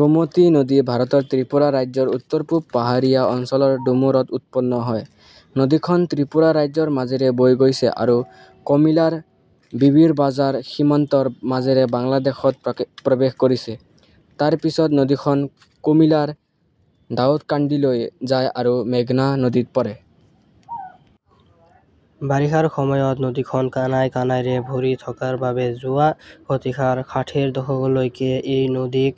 গোমতী নদী ভাৰতৰ ত্ৰিপুৰা ৰাজ্যৰ উত্তৰ-পূব পাহাৰীয়া অঞ্চলৰ ডুমুৰত উৎপন্ন হয়। নদীখন ত্ৰিপুৰা ৰাজ্যৰ মাজেৰে বৈ গৈছে আৰু কমিলাৰ বিবিৰবাজাৰ সীমান্তৰ মাজেৰে বাংলাদেশত প্ৰৱেশ কৰিছে। তাৰ পিছত নদীখন কুমিলাৰ দাউদকাণ্ডীলৈ যায় আৰু মেঘনা নদীত পৰে। বাৰিষাৰ সময়ত নদীখন কানাই কানাইৰে ভৰি থকাৰ বাবে যোৱা শতিকাৰ ষাঠিৰ দশকলৈকে এই নদীক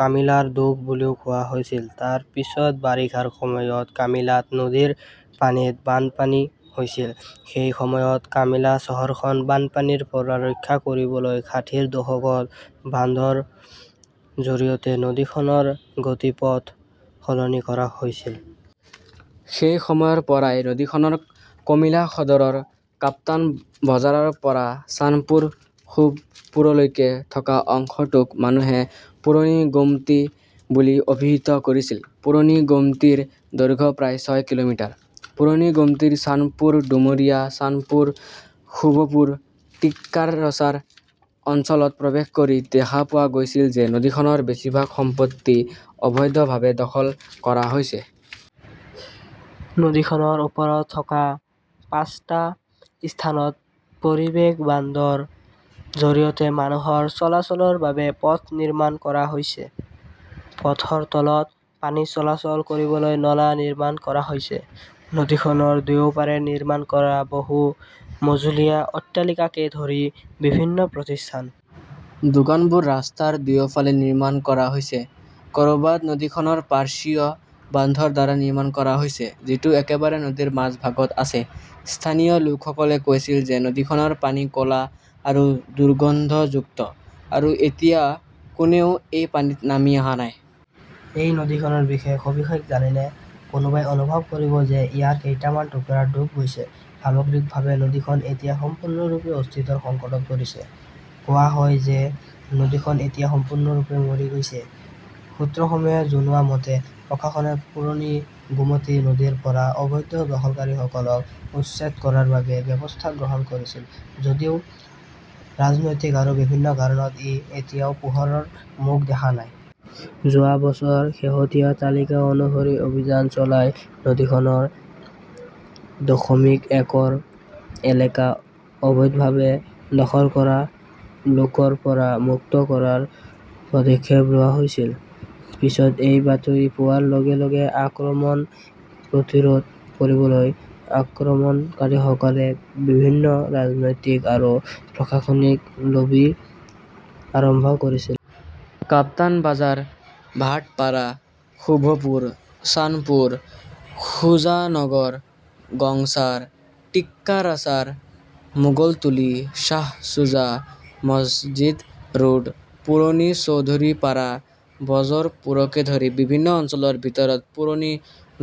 কামিলাৰ দুখ বুলিও কোৱা হৈছিল। তাৰ পিছত বাৰিষাৰ সময়ত কমিলাত নদীৰ পানীত বানপানী হৈছিল। সেই সময়ত কমিলা চহৰখনক বানপানীৰ পৰা ৰক্ষা কৰিবলৈ ষাঠিৰ দশকত বান্ধৰ জৰিয়তে নদীখনৰ গতিপথ সলনি কৰা হৈছিল। সেই সময়ৰ পৰাই, নদীখনৰ কমিলা সদৰৰ কাপ্তান বজাৰৰ পৰা চানপুৰ, শুভপুৰলৈকে থকা অংশটোক মানুহে পুৰণি গোমতী বুলি অভিহিত কৰিছিল। পুৰণি গোমতীৰ দৈৰ্ঘ্য প্ৰায় ছয় কিলোমিটাৰ। পুৰণি গোমতীৰ চানপুৰ, ডুমুৰিয়া চানপুৰ, শুভপুৰ, টিক্কাৰচাৰ অঞ্চলত প্ৰৱেশ কৰি দেখা পোৱা গৈছিল যে নদীখনৰ বেছিভাগ সম্পত্তি অবৈধভাৱে দখল কৰা হৈছে। নদীখনৰ ওপৰত থকা পাঁচটা স্থানত পৰিৱেশ বান্ধৰ জৰিয়তে মানুহৰ চলাচলৰ বাবে পথ নিৰ্মাণ কৰা হৈছে। পথৰ তলত পানী চলাচল কৰিবলৈ নলা নিৰ্মাণ কৰা হৈছে। নদীখনৰ দুয়োপাৰে নিৰ্মাণ কৰা বহু-মজলীয়া অট্টালিকাকে ধৰি বিভিন্ন প্ৰতিষ্ঠান। দোকানবোৰ ৰাস্তাৰ দুয়োফালে নিৰ্মাণ কৰা হৈছে, কৰবাত নদীখনৰ পাৰ্শ্বীয় বান্ধৰ দ্বাৰা নিৰ্মাণ কৰা হৈছে। যিটো একেবাৰে নদীৰ মাজভাগত আছে। স্থানীয় লোকসকলে কৈছিল যে নদীখনৰ পানী ক'লা আৰু দুৰ্গন্ধযুক্ত, আৰু এতিয়া কোনেও এই পানীত নামি অহা নাই। এই নদীখনৰ বিষয়ে সবিশেষ নাজানে, কোনোবাই অনুভৱ কৰিব যে ইয়াত কেইটামান টুকুৰা ডুব গৈছে। সামগ্ৰিকভাৱে, নদীখন এতিয়া সম্পূৰ্ণৰূপে অস্তিত্বৰ সংকটত পৰিছে। কোৱা হয় যে নদীখন এতিয়া সম্পূৰ্ণৰূপে মৰি গৈছে, সূত্ৰসমূহে জনোৱা মতে, প্ৰশাসনে পুৰণি গোমতী নদীৰ পৰা অবৈধ দখলকাৰীসকলক উচ্ছেদ কৰাৰ বাবে ব্যৱস্থা গ্ৰহণ কৰিছিল যদিও ৰাজনৈতিক আৰু বিভিন্ন কাৰণত ই এতিয়াও পোহৰৰ মুখ দেখা নাই। যোৱা বছৰ শেহতীয়া তালিকা অনুসৰি অভিযান চলাই নদীখনৰ দশমিক একৰ এলেকা অবৈধভাৱে দখল কৰা লোকৰ পৰা মুক্ত কৰাৰ পদক্ষেপ লোৱা হৈছিল। পিছত এই বাতৰি পোৱাৰ লগে লগে আক্ৰমণ প্ৰতিৰোধ কৰিবলৈ আক্ৰমণকাৰীসকলে বিভিন্ন ৰাজনৈতিক আৰু প্ৰশাসনিক লবি আৰম্ভ কৰিছিল। কাপ্তানবাজাৰ, ভাটপাৰা, শুভপুৰ, চানপুৰ, সুজানগৰ, গংচাৰ, টিক্কাৰচাৰ, মোগলতুলি শ্বাহছুজা মছজিদ ৰোড, পুৰণি চৌধুৰীপাৰা, বজৰপুৰকে ধৰি বিভিন্ন অঞ্চলৰ ভিতৰত পুৰণি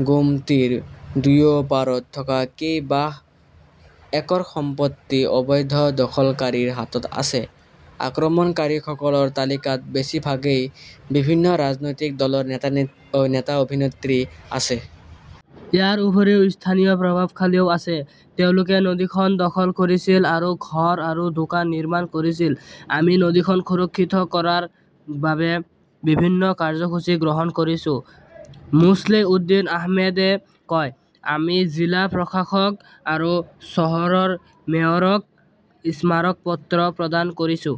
গোমতীৰ দুয়ো পাৰত থকা কেইবাশ একৰ সম্পত্তি অবৈধ দখলকাৰীৰ হাতত আছে। আক্ৰমণকাৰীসকলৰ তালিকাত বেছিভাগেই বিভিন্ন ৰাজনৈতিক দলৰ নেতা-অভিনেত্ৰী আছে। ইয়াৰ উপৰিও স্থানীয় প্ৰভাৱশালীও আছে। তেওঁলোকে নদীখন দখল কৰিছিল আৰু ঘৰ আৰু দোকান নিৰ্মাণ কৰিছিল। আমি নদীখন সুৰক্ষিত কৰাৰ বাবে বিভিন্ন কাৰ্যসূচী গ্ৰহণ কৰিছো, মোছলেহ উদ্দিন আহমেদে কয়। আমি জিলা প্ৰশাসক আৰু চহৰৰ মেয়ৰক স্মাৰক পত্ৰ প্ৰদান কৰিছো।